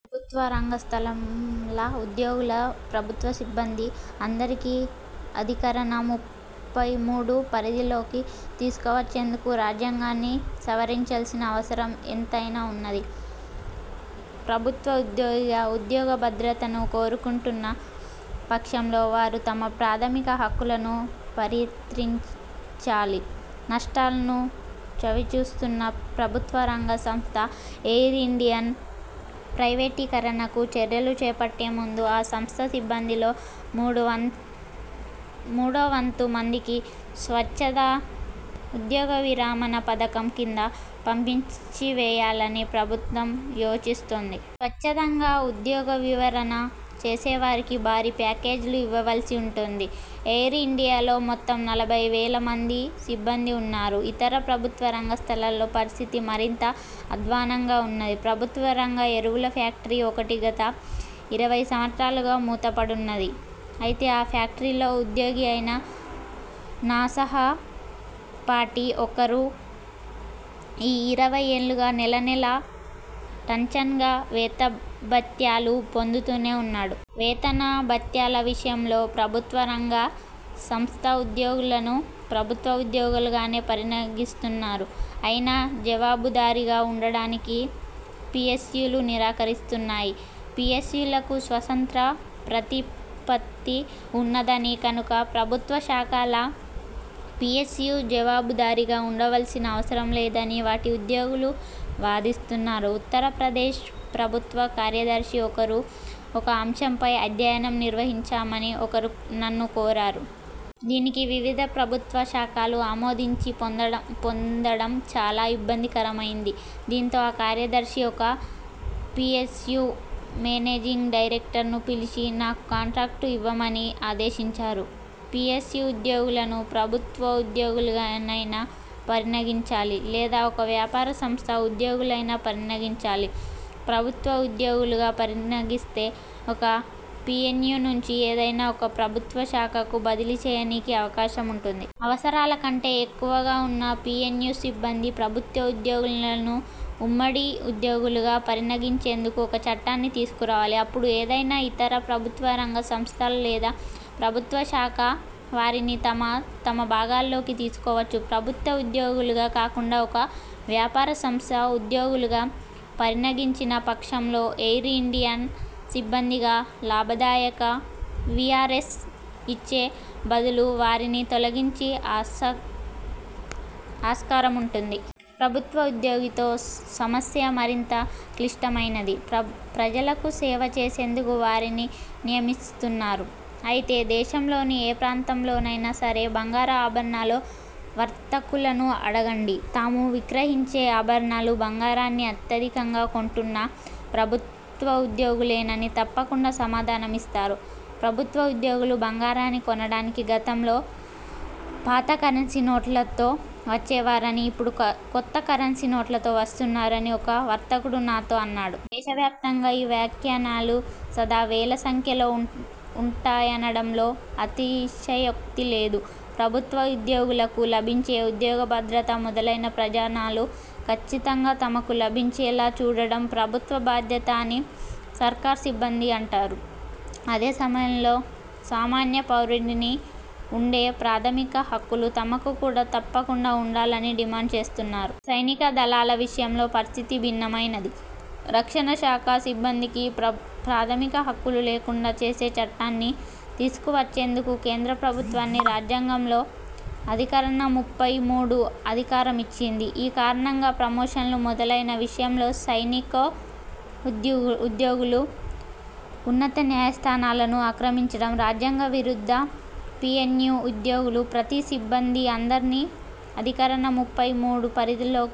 ప్రభుత్వ రంగ సంస్థ ల ఉద్యోగుల, ప్రభుత్వ సిబ్బంది అందరినీ అధికరణ ముప్పై మూడు పరిధి లోకి తీసుకువచ్చేందుకు రాజ్యాంగాన్ని సవరించాల్సిన అవసరం ఎంతైనా వున్నది. ప్రభుత్వోద్యోగిగా ఉద్యోగ భద్రతను కోరుకొంటున్న పక్షంలో వారు తమ ప్రాథమిక హక్కులను పరిత్యిచాలి. నష్టాలను చవిచూస్తున్న ప్రభుత్వరంగ సంస్థ ఎయిర్ ఇండియాన్ ప్రైవేటీకరణకు చర్యలు చేపట్టే ముందు, ఆ సంస్థ సిబ్బందిలో మూడు వన్ మూడో వంతు మందిని స్వచ్ఛంద ఉద్యోగవిరమణ పథకం కింద పంపించివేయాలని ప్రభుత్వం యోచిస్తోంది. స్వచ్ఛందంగా ఉద్యోగ విరమణ చేసేవారికి భారీ ప్యాకేజీలు ఇవ్వవలసివుంటుంది. ఎయిర్ ఇండియాలో మొత్తం నలభై వేల మంది సిబ్బంది వున్నారు. ఇతర ప్రభుత్వరంగ సంస్థలలో పరిస్థితి మరింత అధ్వాన్నంగా వున్నది. ప్రభుత్వ రంగ ఎరువుల ఫ్యాక్టరీ ఒకటి గత ఇరవై సంవత్సరాలుగా మూతపడివున్నది. అయితే, ఆ ఫ్యాక్టరీలో ఉద్యోగి అయిన నా సహపాఠి ఒకరు ఈ ఇరవై ఏళ్ళుగా నెలనెలా ఠంచన్గా వేతనభత్యాలు పొందుతూనే వున్నాడు! వేతన భత్యాల విషయంలో ప్రభుత్వ రంగ సంస్థ ఉద్యోగులను ప్రభుత్వ ఉద్యోగులుగానే పరినణిస్తున్నారు. అయినా జవాబుదారీగా వుండడానికి పిఎస్యులు నిరాకరిస్తున్నాయి. పిఎస్యులకు స్వతంత్ర ప్రతిపత్తి ఉన్నదని, కనుక ప్రభుత్వ శాఖలలా పిఎస్యులు జవాబుదారీగా వుండవల్సిన అవసరంలేదని వాటి ఉద్యోగులు వాదిస్తున్నారు. ఉత్తరప్రదేశ్ ప్రభుత్వ కార్యదర్శి ఒకరు ఒక అంశంపై అధ్యయనం నిర్వహించమని ఒకసారి నన్ను కోరారు. దీనికి వివిధ ప్రభుత్వ శాఖల ఆమోదం పొందడం చాలా ఇబ్బందికరమయింది. దీంతో ఆ కార్యదర్శి ఒక పిఎస్యు మేనేజింగ్ డైరెక్టర్ను పిలిచి నాకు కాంట్రాక్టు ఇవ్వమని ఆదేశించారు. పిఎస్యు ఉద్యోగులను ప్రభుత్వోద్యోగులుగానైనా పరినావిచాలి లేదా ఒక వ్యాపార సంస్థ ఉద్యోగులుగానైనా పరినావిచాలి. ప్రభుత్వోద్యోగులుగా పరిగణిస్తే ఒక పిఎస్యు నుంచి ఏదైనా ఒక ప్రభుత్వ శాఖకు బదిలీ చేయడానికి అవకాశముంటుంది. అవసరాల కంటే ఎక్కువగా వున్న పిఎస్యు సిబ్బంది, ప్రభుత్వోద్యోగులను ఉమ్మడి ఉద్యోగులుగా పరిణవిచేందుకు ఒక చట్టాన్ని తీసుకురావాలి. అప్పుడు ఏదైనా ఇతర ప్రభుత్వరంగ సంస్థ లేదా ప్రభుత్వ శాఖ వారిని తమ తమ విభాగాలలోకి తీసుకోవచ్చు. ప్రభుత్వోద్యోగులుగా కాకుండా ఒక వ్యాపారసంస్థ ఉద్యోగులుగా పరిణవిచిన పక్షంలో ఎయిర్ ఇండియా సిబ్బందికి లాభదాయక విఆర్ఎస్ ఇచ్చే బదులు వారిని తొలగించే ఆస్క్యా ఆస్కారముంటుంది. ప్రభుత్వోద్యోగీతో సమస్య మరింత క్లిష్టమైనది. ప్ర ప్రజలకు 'సేవ' చేసేందుకు వారిని నియమిస్తున్నారు. అయితే దేశంలోని ఏ ప్రాంతంలోనైనా సరే బంగారు ఆభరణాల వర్తకులను అడగండి. తాము విక్రయించే ఆభరణాలు, బంగారాన్ని అత్యధికంగా కొంటున్నది ప్రభుత్వోగులేనని తప్పకుండా సమాధానమిస్తారు. ప్రభుత్వోద్యోగులు బంగారాన్ని కొనడానికి గతంలో పాత కరెన్సీ నోట్లతో వచ్చేవారని, ఇప్పుడు కా కొత్త కరెన్సీ నోట్లతో వస్తున్నారని ఒక వర్తకుడు నాతో అన్నాడు. దేశవ్యాప్తంగా ఈ వ్యాక్యానానాలు సదా వేల సంఖ్యలో ఉంటాయనడంలో అతిశయోక్తి లేదు. ప్రభుత్వోద్యోగులకు లభించే ఉద్యోగ భద్రత మొదలైన ప్రజనాలు కచ్చితంగా తమకు లభించేలా చూడడం ప్రభుత్వ బాధ్యత అని సర్కారు సిబ్బంది అంటారు. అదే సమయంలో సామన్య పౌరునికి వుండే ప్రాథమిక హక్కులు తమకు కూడా తప్పకుండా వుండాలని డిమాండ్ చేస్తున్నారు. సైనిక దళాల విషయంలో పరిస్థితి భిన్నమైనది. రక్షణ శాఖ సిబ్బందికి ప్ర ప్రాథమిక హక్కులు లేకుండా చేసే చట్టాన్ని తీసుకువచ్చేందుకు కేంద్ర ప్రభుత్వానికి రాజ్యాంగంలోని అధికరణ ముప్పై మూడు అధికారమిచ్చింది. ఈ కారణంగా ప్రమోషన్లు మొదలైన విషయాలలో సైనికోద్యోఉద్యో ఉద్యోగులు ఉన్నతన్యాయస్థానాలను అక్రామించడం రాజ్యాంగ విరుద్ధం. పిఎన్యూ ఉద్యోగులు, ప్రతి సిబ్బంది అందరినీ అధికరణ ముప్పై మూడు పరిధిలో